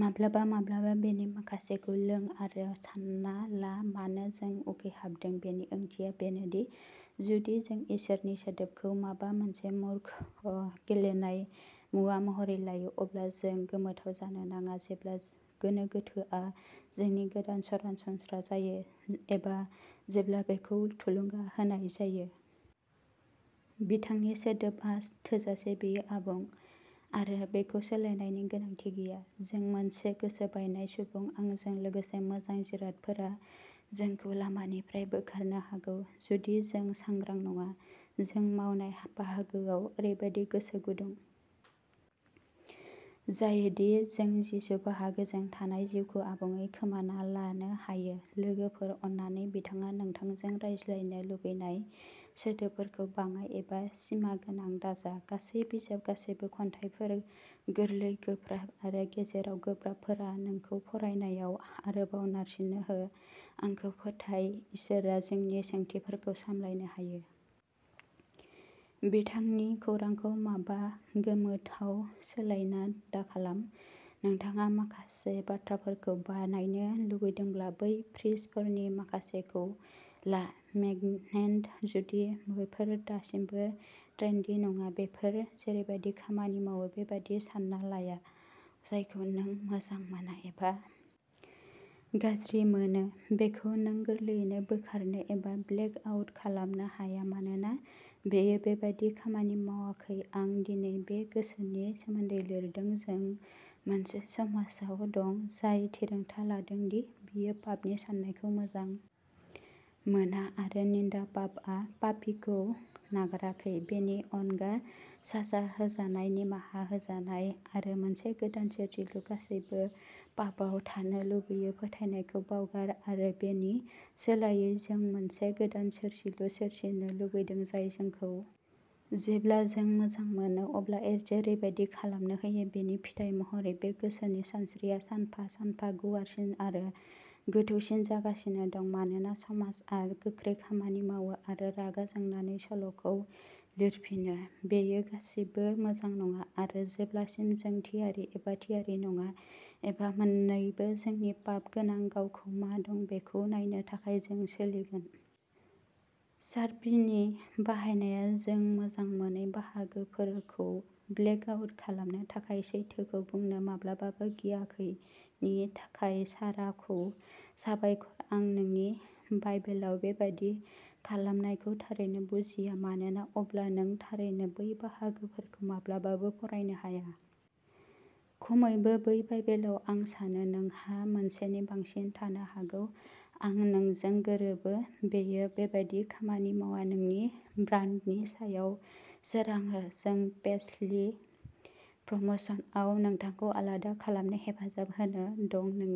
माब्लाबा माब्लाबा बेनि माखासेखौ लों आरो सानना ला मानो जों उखैहाबदों बेनि ओंथिया बेनोदि जुदि जों इसोरनि सोदोबखौ माबा मोनसे मूर्ख गेलेनाय मुवा महरै लायो अब्ला जों गोमोथाव जानो नाङा जेब्ला गोनो गोथोआ जोंनि गोदान सरासनस्रा जायो एबा जेब्ला बेखौ थुलुंगा होनाय जायो। बिथांनि सोदोबआ थोजासे बेयो आबुं आरो बेखौ सोलायनायनि गोनांथि गैया जों मोनसे गोसो बायनाय सुबुं आंजों लोगोसे मोजां जिरादफोरा जोंखौ लामानिफ्राय बोखारनो हागौ जुदि जों सांग्रां नङा जों मावनाय बाहागोआव ओरैबादि गोसो गुदुं -- जायो दि जों जिसु बाहागोजों थानाय जिउखौ आबुङै खोमाना लानो हायो लोगोफोर अन्नानै बिथाङा नोंथांजों रायज्लायनो लुबैनाय सोदोबफोरखौ बाङाइ एबा सिमागोनां दाजा गासै बिजाब गासैबो खन्थाइफोर गोरलै गोब्राब आरो गेजेराव गोब्राबफोरा नोंखौ फरायनायाव आरोबाव नारसिनो हो आंखौ फोथाय इसोरआ जोंनि सोंथिफोरखौ सामलायनो हायो। बिथांनि खौरांखौ माबा गोमोथावाव सोलायना दाखालाम नोंथाङा माखासे बाथ्राफोरखौ बानायनो लुबैदोंब्ला बै फ्रिजफोरनि माखासेखौ ला मेगनेट जुदि बेफोर दासिमबो ट्रेन्डी नङा बेफोर जेरैबादि खामानि मावो बेबादि सानना लाया जायखौ नों मोजां मोना एबा -- गाज्रि मोनो बेखौ नों गोरलैयैनो बोखारनो एबा ब्लेक आउट खालामनो हाया मानोना बेयो बेबादि खामानि मावाखै आं दिनै बे गोसोनि सोमोन्दै लिरदोंजों मोनसे समाजाव दं जाय थिरांथा लादों दि बियो पापनि साननायखौ मोजां -- मोना आरो निन्दा पापआ पापीखौ नागाराखै बेनि अनगा साजा होजानाय निमाहा होजानाय आरो मोनसे गोदान सोरजिलु गासैबो पापआव थानो लुबैयो फोथायनायखौ बावगार आरो बेनि सोलायै जों मोनसे गोदान सोरजिलु सोरजिनो लुबैदों जाय जोंखौ -- जेब्ला जों मोजां मोनो अब्ला जेरैबादि खालामनो होयो बेनि फिथाइ महरै बे गोसोनि सानस्रिया सानफा सानफा गुवारसिन आरो गोथौसिन जागासिनो दं मानोना समाजआ गोख्रै खामानि मावो आरो रागा जोंनानै सल'खौ लिरफिनो बेयो गासिबो मोजां नङा आरो जेब्लासिम जों थियारि एबा थियारि नङा एबा मोननैबो जोंनि पापगोनां गावखौ मा दं बेखौ नायनो थाखाय जों सोलिगोन। शार्पिनि बाहायनाया जों मोजां मोनै बाहागोफोरखौ ब्लेक आउट खालामनो थाखाय सैथोखौ बुंनो माब्लाबाबो गियाखैनि थाखाय शाराखौ साबायखर आं नोंनि बाइबेलाव बेबादि खालामनायखौ थारैनो बुजिया मानोना अब्ला नों थारैनो बै बाहागोफोरखौ माब्लाबाबो फरायनो हाया। खमैबो बै बाइबेलाव आं सानो नोंहा मोनसेनि बांसिन थानो हागौ आं नोंजों गोरोबो बेयो बेबादि खामानि मावा नोंनि ब्रान्डनि सायाव सोरां हो जों पेसलि प्रमशनआव नोंखौ आलादा खालामनो हेफाजाब होनो दं नों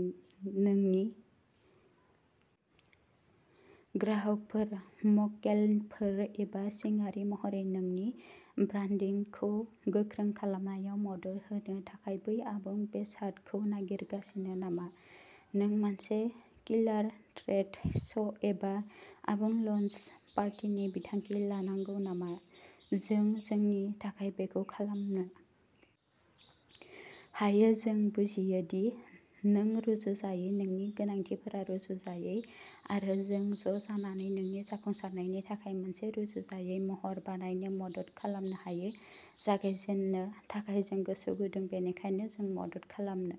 नोंनि -- ग्राहकफोर मक्केलफोर एबा सिंआरि महरै नोंनि ब्रान्डिंखौ गोख्रों खालामनायाव मदद होनो थाखाय बै आबुं बेसादखौ नागिरगासिनो नामा नों मोनसे किलार ट्रेड श'एबा आबुं लन्च पार्टिनि बिथांखि लानांगौ नामा जों जोंनि थाखाय बेखौ खालामनो -- हायो जों बुजियो दि नों रुजुजायै नोंनि गोनांथिफोरा रुजुजायै आरो जों ज'जानानै नोंनि जाफुंसारनायनि थाखाय मोनसे रुजुजायै महर बानायनो मदद खालामनो हायो जागायजेननो थाखाय जों गोसो गुदुं बेनिखायनो जों मदद खालामनो --